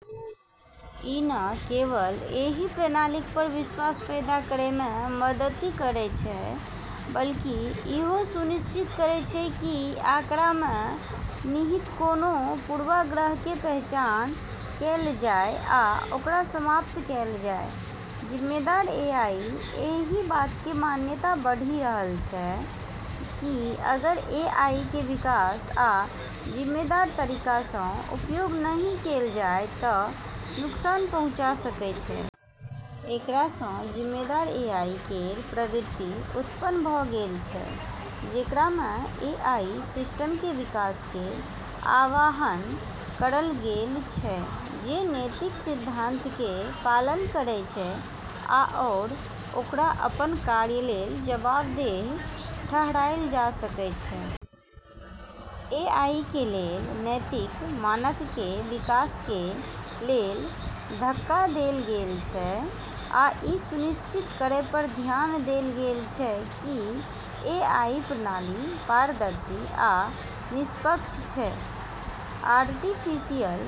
ई न केवल एहि प्रणालीक पर विश्वास पैदा करैमे मदति करै छै बल्कि इहो सुनिश्चित करै छै कि आंकड़ामे निहित कोनों पूर्वाग्रहके पहचान कैल जाइ आ ओकरा समाप्त कैल जाय । जिम्मेदार एआई: एहि बातके मान्यता बढ़ि रहल छै कि अगर एआईके विकास आ जिम्मेदार तरीकासँ उपयोग नहि कैल जाइ त' नुकसान पहुंचा सकै छै । एकरासँ "जिम्मेदार एआई" केर प्रवृत्ति उत्पन्न भ' गेल छै जेकरामे एआई सिस्टमके विकासके आह्वान करल गेल छै जे नैतिक सिद्धांतके पालन करै छै आओर ओकरा अपन कार्य लेल जवाबदेह ठहराइल जा सकै छै। एआईके लेल नैतिक मानकके विकासके लेल धक्का देल गेल छै, आ ई सुनिश्चित करै पर धियान देल गेल छै कि एआई प्रणाली पारदर्शी आ निष्पक्ष छै । आर्टिफिशियल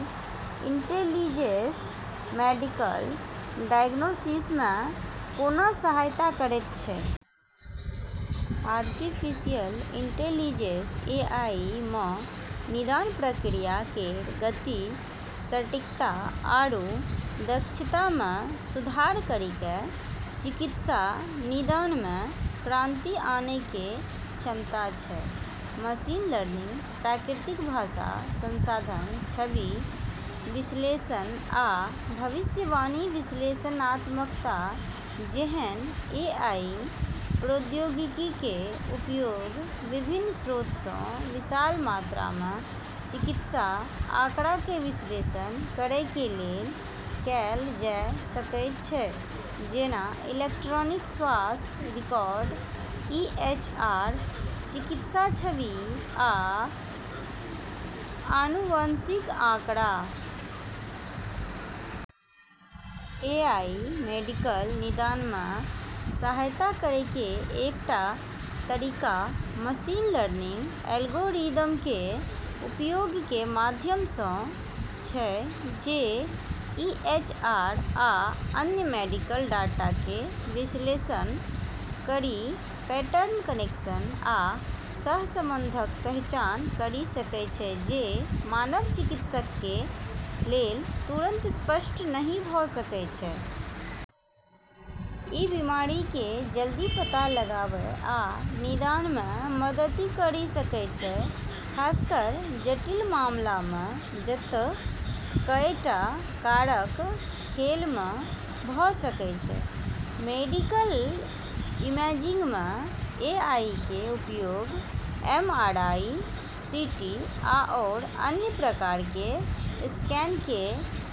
इंटेलिजेंस मेडिकल डायग्नोसिसमे कोना सहायता करैत छै? आर्टिफिशियल इंटेलिजेंस (एआई) म' निदान प्रक्रिया केरऽ गति, सटीकता आरू दक्षतामे सुधार करिके चिकित्सा निदानमे क्रांति आनैके क्षमता छै। मशीन लर्निंग, प्राकृतिक भाषा संसाधन, छवि विश्लेषण, आ भविष्यवाणी विश्लेषणात्मकता जेहन एआई प्रौद्योगिकीके उपयोग विभिन्न स्रोतसँ विशाल मात्रामे चिकित्सा आंकड़ाके विश्लेषण करैके लेल कैल जा सकै छै, जेना इलेक्ट्रॉनिक स्वास्थ्य रिकॉर्ड (ईएचआर), चिकित्सा छवि, आ आनुवंशिक आंकड़ा । एआई मेडिकल निदानमे सहायता करैके एकटा तरीका मशीन लर्निंग एल्गोरिदमके उपयोगके माध्यमसँ छै जे ईएचआर आ अन्य मेडिकल डाटाके विश्लेषण करि पैटर्न, कनेक्शन आ सहसंबंधक पहचान करि सकै छै जे मानव चिकित्सकके लेल तुरंत स्पष्ट नहि भ' सकै छै । ई बीमारिके जल्दी पता लगाबै आ निदानमे मदति करि सकै छै, खासकर जटिल मामलामे जतऽ कएटा कारक खेलमे भ' सकै छै । मेडिकल इमेजिंगमे एआईके उपयोग एमआरआई, सीटी आओर अन्य प्रकारके स्कैनके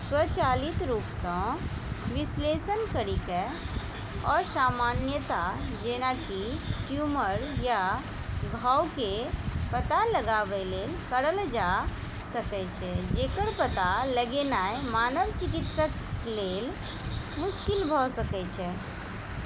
स्वचालित रूपसँ विश्लेषण करिके असामान्यता, जेना कि ट्यूमर या घावके पता लगाबै लेल करल जा सकै छै, जेकर पता लगेनाइ मानव चिकित्सक लेल मुश्किल भ' सकै छै।